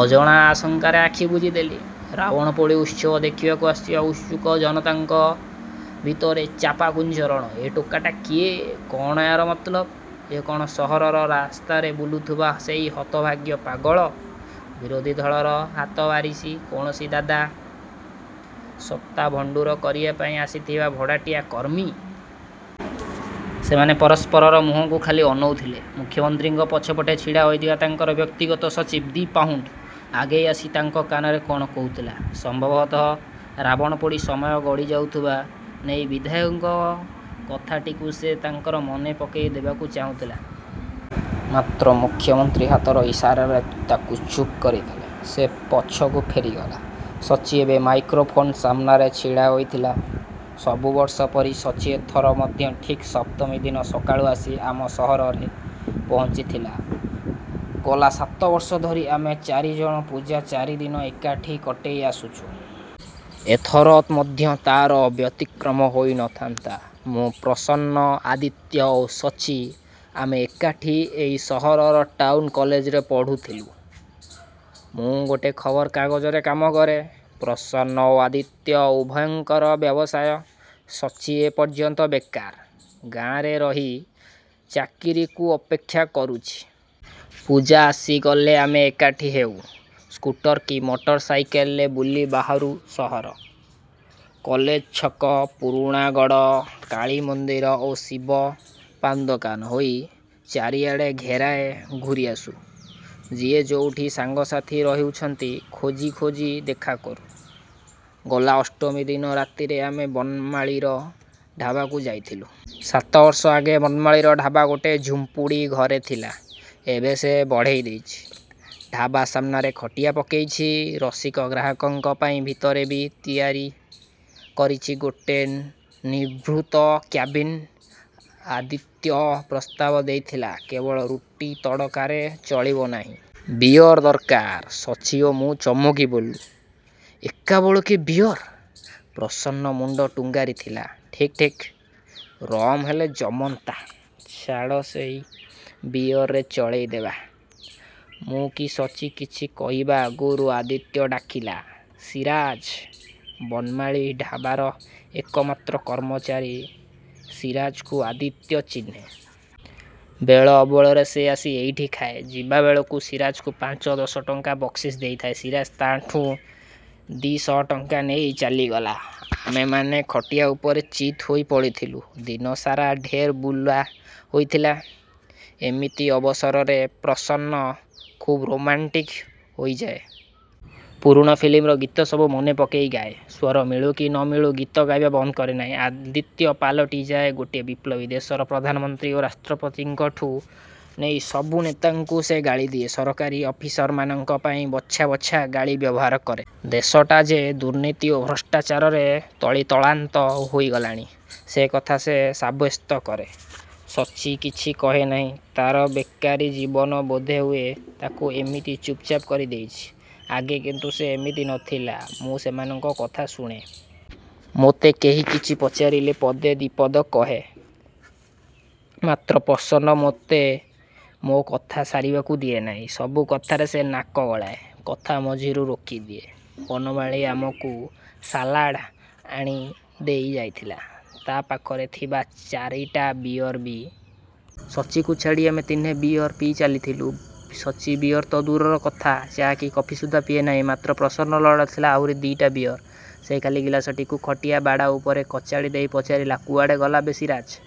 ଅଜଣା ଆଶଙ୍କାରେ ଆଖି ବୁଜିଦେଲି। ରାବଣପୋଡ଼ି ଉତ୍ସବ ଦେଖିବାକୁ ଆସିଥିବା ଉତ୍ସୁକ ଜନତାଙ୍କ ଭିତରେ ଚାପା ଗୁଞ୍ଜରଣ–ଏ ଟୋକାଟା କିଏ? କଣ ୟାର ମତଲବ? ଇଏ କଣ ସହରର ରାସ୍ତାରେ ବୁଲୁଥିବା ସେଇ ହତଭାଗ୍ୟ ପାଗଳ? ବିରୋଧୀ ଦଳର ହାତବାରିସି କୌଣସି ଦାଦା? ସତ୍ତା ଭଣ୍ଡୁର କରିବା ପାଇଁ ଆସିଥିବା ଭଡ଼ାଟିଆ କର୍ମୀ? ସେମାନେ ପରସ୍ପରର ମୁହଁକୁ ଖାଲି ଅନଉଥିଲେ। ମୁଖ୍ୟମନ୍ତ୍ରୀଙ୍କ ପଛପଟେ ଛିଡ଼ା ହୋଇଥିବା ତାଙ୍କର ବ୍ୟକ୍ତିଗତ ସଚିବ ଦି ପାହୁଣ୍ଡ ଆଗେଇ ଆସି ତାଙ୍କ କାନରେ କଣ କହୁଥିଲା। ସମ୍ଭବତଃ ରାବଣପୋଡ଼ି ସମୟ ଗଡ଼ିଯାଉଥିବା ନେଇ ବିଧାୟକଙ୍କ କଥାଟିକୁ ସେ ତାଙ୍କର ମନେ ପକେଇ ଦେବାକୁ ଚାହୁଁଥିଲା। ମାତ୍ର ମୁଖ୍ୟମନ୍ତ୍ରୀ ହାତର ଇସାରାରେ ତାକୁ ଚୁପ୍ କରିଦେଲେ। ସେ ପଛକୁ ଫେରିଗଲା। ସଚ୍ଚି ଏବେ ମାଇକ୍ରୋଫୋନ ସାମ୍ନାରେ ଛିଡ଼ା ହୋଇଥିଲା। ସବୁ ବର୍ଷ ପରି ସଚ୍ଚି ଏଥର ମଧ୍ୟ ଠିକ୍ ସପ୍ତମୀ ଦିନ ସକାଳୁ ଆସି ଆମ ସହରରେ ପହଞ୍ଚିଥିଲା। ଗଲା ସାତବର୍ଷ ଧରି ଆମେ ଚାରିଜଣ ପୂଜା ଚାରିଦିନ ଏକାଠି କଟେଇ ଆସୁଛୁ। ଏଥର ମଧ୍ୟ ତାର ବ୍ୟତିକ୍ରମ ହୋଇ ନଥାନ୍ତା। ମୁଁ, ପ୍ରସନ୍ନ, ଆଦିତ୍ୟ ଓ ସଚ୍ଚି। ଆମେ ଏକାଠି ଏଇ ସହରର ଟାଉନ୍ କଲେଜରେ ପଢ଼ୁଥିଲୁ। ମୁଁ ଗୋଟେ ଖବରକାଗଜରେ କାମ କରେ। ପ୍ରସନ୍ନ ଓ ଆଦିତ୍ୟ ଉଭୟଙ୍କର ବ୍ୟବସାୟ। ସଚ୍ଚି ଏ ପର୍ଯ୍ୟନ୍ତ ବେକାର। ଗାଁରେ ରହି ଚାକିରିକୁ ଅପେକ୍ଷା କରୁଛି। ପୂଜା ଆସିଗଲେ ଆମେ ଏକାଠି ହେଉ। ସ୍କୁଟର କି ମଟର ସାଇକେଲରେ ବୁଲି ବାହାରୁ ସହର। କଲେଜ ଛକ, ପୁରୁଣାଗଡ଼, କାଳୀ ମନ୍ଦିର ଓ ଶିବ ପାନଦୋକାନ ହୋଇ ଚାରିଆଡ଼େ ଘେରାଏ ଘୂରିଆସୁ। ଯିଏ ଯୋଉଠି ସାଙ୍ଗସାଥୀ ରହୁଛନ୍ତି ଖୋଜି ଖୋଜି ଦେଖାକରୁ। ଗଲା ଅଷ୍ଟମୀ ଦିନ ରାତିରେ ଆମେ ବନମାଳୀର ଢାବାକୁ ଯାଇଥିଲୁ। ସାତବର୍ଷ ଆଗେ ବନମାଳୀର ଢାବା ଗୋଟେ ଝୁମ୍ପୁଡ଼ି ଘରେ ଥିଲା, ଏବେ ସେ ବଢ଼େଇ ଦେଇଛି। ଢାବା ସାମ୍ନାରେ ଖଟିଆ ପକେଇଛି, ରସିକ ଗ୍ରାହକଙ୍କ ପାଇଁ ଭିତରେ ବି ତିଆରି କରିଛି ଗୋଟେ ନିଭୃତ କ୍ୟାବିନ। ଆଦିତ୍ୟ ପ୍ରସ୍ତାବ ଦେଇଥିଲା, "କେବଳ ରୁଟି ତଡ଼କାରେ ଚଳିବ ନାହିଁ। ବିଅର ଦରକାର।"ସଚ୍ଚି ଓ ମୁଁ ଚମକି ପଡ଼ିଲୁ। ଏକାବେଳକେ ବିଅର! ପ୍ରସନ୍ନ ମୁଣ୍ଡ ଟୁଙ୍ଗାରିଥିଲା, "ଠିକ୍, ଠିକ୍। ରମ୍ ହେଲେ ଜମନ୍ତା। ଛାଡ଼ ସେଇ ବିଅରରେ ଚଳେଇଦେବା।" ମୁଁ କି ସଚ୍ଚି କିଛି କହିବା ଆଗରୁ ଆଦିତ୍ୟ ଡାକିଲା, "ସିରାଜ୍!"ବନମାଳୀ ଢାବାର ଏକମାତ୍ର କର୍ମଚାରୀ ସିରାଜକୁ ଆଦିତ୍ୟ ଚିହ୍ନେ। ବେଳ ଅବେଳରେ ସେ ଆସି ଏଇଠି ଖାଏ। ଯିବାବେଳକୁ ସିରାଜକୁ ପାଞ୍ଚ ଦଶ ଟଙ୍କା ବକ୍ସିସ୍ ଦେଇଥାଏ। ସିରାଜ ତାଠୁଁ ଦି ଶହ ଟଙ୍କା ନେଇ ଚାଲିଗଲା। ଆମେମାନେ ଖଟିଆ ଉପରେ ଚିତ୍ ହୋଇ ପଡ଼ିଥିଲୁ। ଦିନସାରା ଢେର୍ ବୁଲା ହୋଇଛି। ଏମିତି ଅବସରରେ ପ୍ରସନ୍ନ ଖୁବ୍ ରୋମାଣ୍ଟିକ୍ ହୋଇଯାଏ। ପୁରୁଣା ଫିଲ୍ମର ଗୀତ ସବୁ ମନେପକେଇ ଗାଏ। ସ୍ୱର ମିଳୁ କି ନମିଳୁ ଗୀତ ଗାଇବା ବନ୍ଦ କରେ ନାହିଁ। ଆଦିତ୍ୟ ପାଲଟିଯାଏ ଗୋଟେ ବିପ୍ଳବୀ। ଦେଶର ପ୍ରଧାନମନ୍ତ୍ରୀ ଓ ରାଷ୍ଟ୍ରପତିଙ୍କଠୁଁ ନେଇ ସବୁ ନେତାଙ୍କୁ ସେ ଗାଳିଦିଏ। ସରକାରୀ ଅଫିସରମାନଙ୍କ ପାଇଁ ବଛା ବଛା ଗାଳି ବ୍ୟବହାର କରେ। ଦେଶଟା ଯେ ଦୁର୍ନୀତି ଓ ଭ୍ରଷ୍ଟାଚାରରେ ତଳିତଳାନ୍ତ ହୋଇଗଲାଣି, ସେଇକଥା ସେ ସାବ୍ୟସ୍ତ କରେ। ସଚ୍ଚି କିଛି କହେ ନାହିଁ। ତାର ବେକାରୀ ଜୀବନ ବୋଧହୁଏ ତାକୁ ଏମିତି ଚୁପ୍‌ଚାପ୍ କରି ଦେଇଛି। ଆଗେ କିନ୍ତୁ ସେ ଏମିତି ନ ଥିଲା। ମୁଁ ସେମାନଙ୍କ କଥା ଶୁଣେ। ମୋତେ କେହି କିଛି ପଚାରିଲେ ପଦେ ଦି ପଦ କହେ। ମାତ୍ର ପ୍ରସନ୍ନ ମୋତେ ମୋ କଥା ସାରିବାକୁ ଦିଏ ନାହିଁ। ସବୁ କଥାରେ ସେ ନାକ ଗଳାଏ। କଥା ମଝିରୁ ରୋକିଦିଏ। ବନମାଳୀ ଆମକୁ ସାଲାଡ ଆଣି ଦେଇ ଯାଇଥିଲା। ତା ପାଖରେ ଥିବା ଚାରିଟା ବିଅର ବି। ସଚ୍ଚିକୁ ଛାଡ଼ି ଆମେ ତିନିହେଁ ବିଅର ପିଇ ଚାଲିଥିଲୁ। ସଚ୍ଚି ବିଅର ତ ଦୂରର କଥା, ଚା କି କଫି ସୁଦ୍ଧା ପିଏ ନାହିଁ। ମାତ୍ର ପ୍ରସନ୍ନର ଲୋଡ଼ା ଥିଲା ଆହୁରି ଦିଇଟା ବିଅର। ସେ ଖାଲି ଗିଲାସଟିକୁ ଖଟିଆ ବାଡ଼ା ଉପରେ କଚାଡ଼ି ଦେଇ ପଚାରିଲା, "କୁଆଡ଼େ ଗଲା ବେ ସିରାଜ!"।